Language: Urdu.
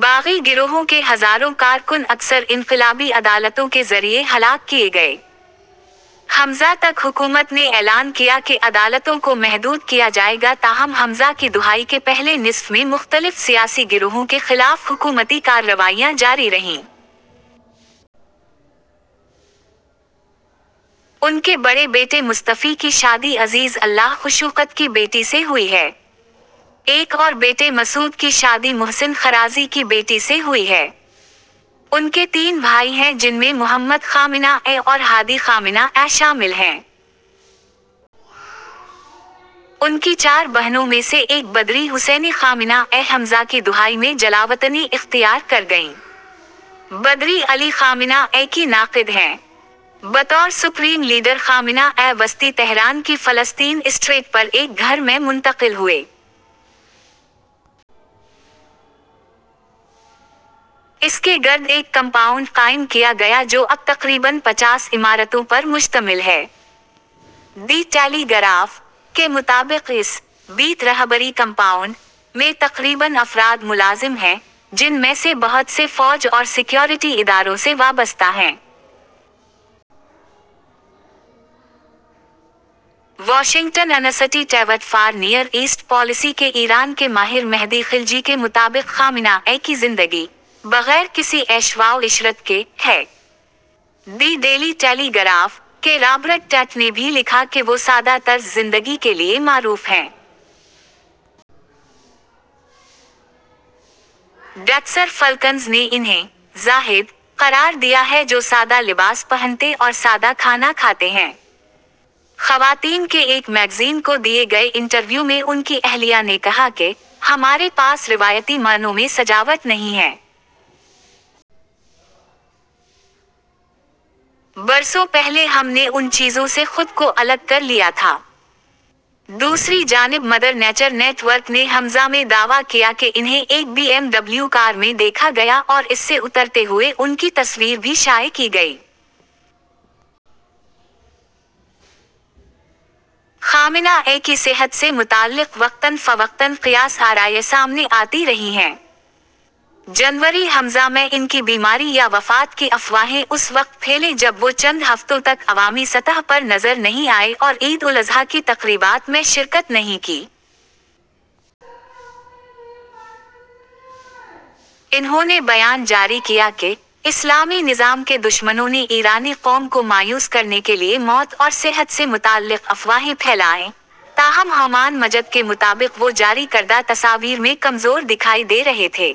باغی گروہوں کے ہزاروں کارکن اکثر انقلابی عدالتوں کے ذریعے ہلاک کیے گئے۔ ء تک حکومت نے اعلان کیا کہ عدالتوں کو محدود کیا جائے گا تاہم ء کی دہائی کے پہلے نصف میں مختلف سیاسی گروہوں کے خلاف حکومتی کارروائیاں جاری رہیں۔ ان کے بڑے بیٹے مصطفیٰ کی شادی عزیز اللہ خوشوقت کی بیٹی سے ہوئی ہے۔ ایک اور بیٹے مسعود کی شادی محسن خرازی کی بیٹی سے ہوئی ہے۔ ان کے تین بھائی ہیں جن میں محمد خامنہ ای اور ہادی خامنہ ای شامل ہیں۔ ان کی چار بہنوں میں سے ایک بدری حسینی خامنہ ای ء کی دہائی میں جلاوطنی اختیار کر گئیں۔ بدری علی خامنہ ای کی ناقد ہیں۔ بطور سپریم لیڈر خامنہ ای وسطی تہران کی فلسطین اسٹریٹ پر ایک گھر میں منتقل ہوئے۔ اس کے گرد ایک کمپاؤنڈ قائم کیا گیا جو اب تقریباً پچاس عمارتوں پر مشتمل ہے۔ 'دی ٹیلی گراف' کے مطابق اس 'بیت رہبری کمپاؤنڈ' میں تقریباً افراد ملازم ہیں، جن میں سے بہت سے فوج اور سیکیورٹی اداروں سے وابستہ ہیں۔ Washington Institute for Near East Policy کے ایران کے ماہر مہدی خلجی کے مطابق خامنہ ای کی زندگی 'بغیر کسی عیش و عشرت کے' ہے۔ 'دی ڈیلی ٹیلی گراف' کے رابرٹ ٹیٹ نے بھی لکھا کہ وہ سادہ طرز زندگی کے لیے معروف ہیں۔ ڈیکسر فلکنز نے انھیں 'زاہد' قرار دیا ہے جو سادہ لباس پہنتے اور سادہ کھانا کھاتے ہیں۔ خواتین کے ایک میگزین کو دیے گئے انٹرویو میں ان کی اہلیہ نے کہا کہ 'ہمارے پاس روایتی معنوں میں سجاوٹ نہیں ہے۔ برسوں پہلے ہم نے ان چیزوں سے خود کو الگ کر لیا تھا۔ ' دوسری جانب مدر نیچر نیٹ ورک نے ء میں دعویٰ کیا کہ انھیں ایک بی ایم ڈبلیو کار میں دیکھا گیا اور اس سے اترتے ہوئے ان کی تصویر بھی شائع کی گئی۔ خامنہ ای کی صحت سے متعلق وقتاً فوقتاً قیاس آرائیاں سامنے آتی رہی ہیں۔ جنوری ء میں ان کی بیماری یا وفات کی افواہیں اس وقت پھیلیں جب وہ چند ہفتوں تک عوامی سطح پر نظر نہیں آئے اور عید الاضحیٰ کی تقریبات میں شرکت نہیں کی۔ انھوں نے بیان جاری کیا کہ 'اسلامی نظام کے دشمنوں نے ایرانی قوم کو مایوس کرنے کے لیے موت اور صحت سے متعلق افواہیں پھیلائیں' تاہم ہومان مجد کے مطابق وہ جاری کردہ تصاویر میں کمزور دکھائی دے رہے تھے۔